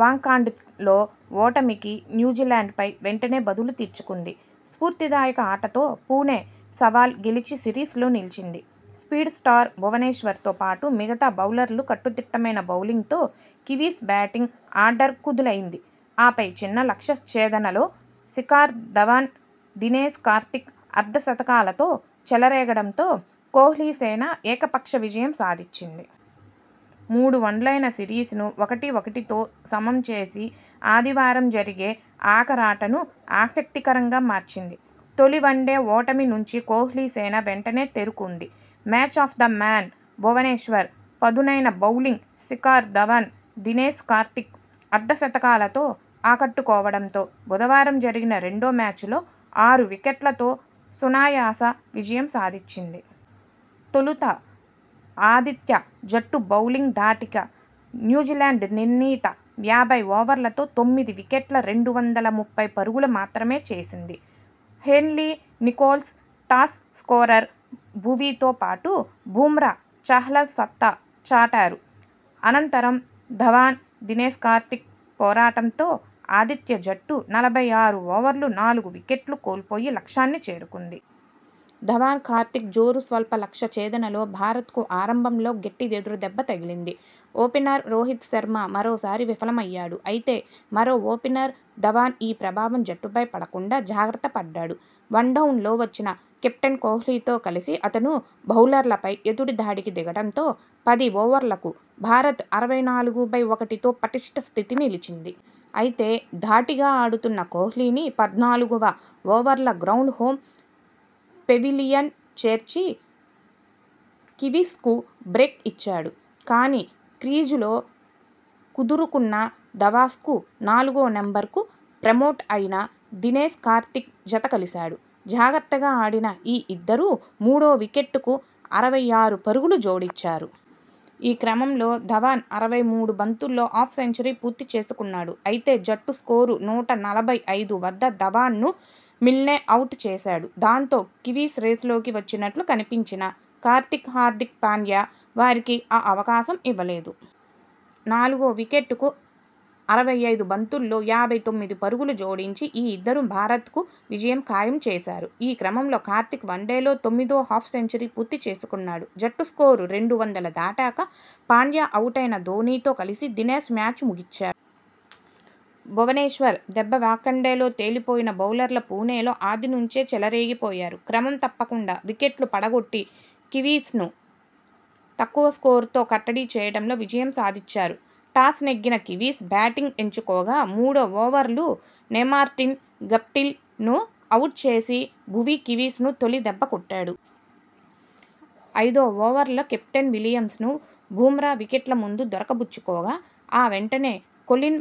వాంఖడేలో ఓటమికి న్యూజిలాండ్ పై వెంటనే బదులు తీర్చుకుంది. స్పూర్తిదాయక ఆటతో పుణె సవాల్లో గెలిచి సిరీస్ లో నిలిచింది. స్పీడ్ స్టార్ భువనేశ్వర్ తో పాటు మిగతా బౌలర్ల కట్టుదిట్టమైన బౌలింగ్ తో కివీస్ బ్యాటింగ్ ఆర్డర్ కుదేలైంది. ఆపై చిన్న లక్ష్య ఛేదనలో శిఖర్ ధవన్, దినేశ్ కార్తీక్ అర్ధ శతకాలతో చెలరేగడంతో కోహ్లీసేన ఏకపక్ష విజయం సాధించింది. మూడు వన్డేల సిరీస్ ను ఒకటి ఒకటితో సమం చేసి ఆదివారం జరిగే ఆఖరాటను ఆసక్తికరంగా మార్చింది. తొలి వన్డే ఓటమి నుంచి కోహ్లీసేన వెంటనే తేరుకుంది. 'Man of the match' Bhuvneshwar పదునైన బౌలింగ్, శిఖర్ ధవన్, దినేశ్ కార్తీక్ అర్ధ శతకాలతో ఆకట్టుకోవడంతో బుధవారం జరిగిన రెండో మ్యాచ్ లో ఆరు వికెట్లతో సునాయాస విజయం సాధించింది. తొలుత ఆతిథ్య జట్టు బౌలింగ్ ధాటికి న్యూజిలాండ్ నిర్ణీత యాభై ఓవర్లలో తొమ్మిది వికెట్లకు రెండు వందల ముప్పై పరుగులు మాత్రమే చేసింది. Henry Nicholls top scorer. భువీతో పాటు బుమ్రా, చాహల్ సత్తా చాటారు. అనంతరం ధవన్, దినేశ్ కార్తీక్ పోరాటంతో ఆతిథ్య జట్టు నలభై ఆరు ఓవర్లలో నాలుగు వికెట్లు కోల్పోయి లక్ష్యాన్ని చేరుకుంది. ధవన్, కార్తీక్ జోరుస్వల్ప లక్ష్య ఛేదనలో భారత్ కు ఆరంభంలోనే గట్టి ఎదురుదెబ్బ తగిలింది. ఓపెనర్ రోహిత్ శర్మ మరోసారి విఫలమయ్యాడు. అయితే, మరో ఓపెనర్ ధవన్ ఈ ప్రభావం జట్టుపై పడకుండా జాగ్రత్త పడ్డాడు. వన్ డౌన్ లో వచ్చిన కెప్టెన్ కోహ్లీ తో కలిసి అతను బౌలర్లపై ఎదురుదాడికి దిగడంతో పది ఓవర్లకు భారత్ అరవై నాలుగు బై ఒకటితో పటిష్ఠ స్థితిలో నిలిచింది. అయితే, ధాటిగా ఆడుతున్న కోహ్లీని పద్నాలుగువ ఓవర్లో గ్రాండ్ హోమ్ పెవిలియన్ చేర్చి కివీస్ కు బ్రేక్ ఇచ్చాడు. కానీ, క్రీజులో కుదురుకున్న ధవన్కు నాలుగో నెంబర్ కు ప్రమోట్ అయిన దినేశ్ కార్తీక్ జతకలిశాడు. జాగ్రత్తగా ఆడిన ఈ ఇద్దరూ మూడో వికెట్ కు అరవై ఆరు పరుగులు జోడించారు. ఈ క్రమంలో ధవన్ అరవై మూడు బంతుల్లో హాఫ్ సెంచరీ పూర్తి చేసుకున్నాడు. అయితే, జట్టు స్కోరు నూట నలభై ఐదు వద్ద ధవన్ ను మిల్నె అవుట్ చేశాడు. దాంతో, కివీస్ రేసులోకి వచ్చినట్టు కనిపించినా కార్తీక్, హార్దిక్ పాండ్యా వారికి ఆ అవకాశం ఇవ్వలేదు. నాలుగో వికెట్ కు అరవై ఐదు బంతుల్లోనే యాభై తొమ్మిది పరుగులు జోడించిన ఈ ఇద్దరు భారత్ కు విజయం ఖాయం చేశారు. ఈ క్రమంలో కార్తీక్ వన్డేల్లో తొమ్మిదో హాఫ్ సెంచరీ పూర్తి చేసుకున్నాడు. జట్టు స్కోరు రెండు వందల దాటాక పాండ్యా అవుటైనా ధోనీ తో కలిసి దినేశ్ మ్యాచ్ను ముగించాడు. భువనేశ్వర్ దెబ్బవాంఖడేలో తేలిపోయిన బౌలర్లు పుణెలో ఆది నుంచే చెలరేగిపోయారు. క్రమం తప్పకుండా వికెట్లు పడగొట్టి కివీస్ ను తక్కువ స్కోరుకు కట్టడి చేయడంలో విజయం సాధించారు. టాస్ నెగ్గిన కివీస్ బ్యాటింగ్ ఎంచుకోగా మూడో ఓవర్లో నేమార్టిన్ గప్టిల్ ను అవుట్ చేసిన భువీ కివీస్ ను తొలి దెబ్బ కొట్టాడు. ఐదో ఓవర్లో కెప్టెన్ విలియమ్సన్ ను బుమ్రా వికెట్ల ముందు దొరకబుచ్చుకోగా ఆ వెంటనే కొలిన్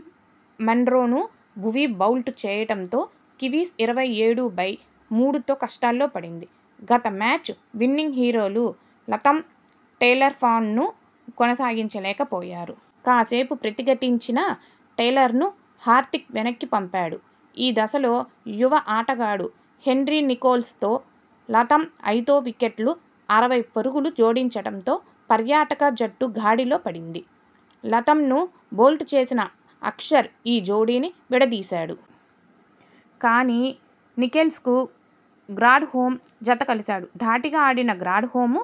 మన్రో ను భువీ బౌల్డ్ చేయడంతో కివీస్ ఇరవై ఏడు బై మూడుతో కష్టాల్లో పడింది. గత మ్యాచ్ విన్నింగ్ హీరోలు లాథమ్, టేలర్ ఫామ్ ను కొనసాగించలేకపోయారు. కాసేపు ప్రతిఘటిం చిన టేలర్ ను హార్దిక్ వెనక్కి పంపాడు. ఈ దశలో యువ ఆటగాడు హెన్రీ నికోల్స్ తో లాథమ్ ఐదో వికెట్ కు అరవై పరుగులు జోడించడంతో పర్యాటక జట్టు గాడిలో పడింది. లాథమ్ ను బౌల్డ్ చేసిన అక్షర్ ఈ జోడీని విడదీశాడు. కానీ, నికోల్స్ కు గ్రాండ్ హోమ్ జతకలిశాడు. ధాటిగా ఆడిన గ్రాండ్ హోమ్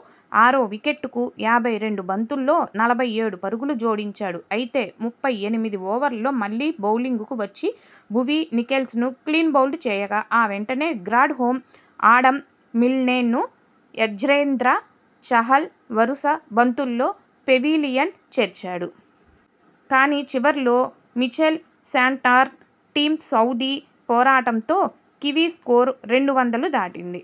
ఆరో వికెట్ కు యాభై రెండు బంతుల్లోనే నలభై ఏడు పరుగులు జోడించాడు. అయితే ముప్పై ఎనిమిదివ ఓవర్లో మళ్లీ బౌలింగ్ కు వచ్చిన భువీ, నికోల్స్ ను క్లీన్బౌల్డ్ చేయగా ఆ వెంటనే, గ్రాండ్ హోమ్, ఆడమ్ మిల్నె ను యజ్వేంద్ర చాహల్ వరుస బంతుల్లో పెవిలియన్ చేర్చాడు. కానీ, చివర్లో మిచెల్ శాంట్నర్, టిమ్ సౌథీ పోరాటంతో కివీస్ స్కోరు రెండు వందలు దాటింది.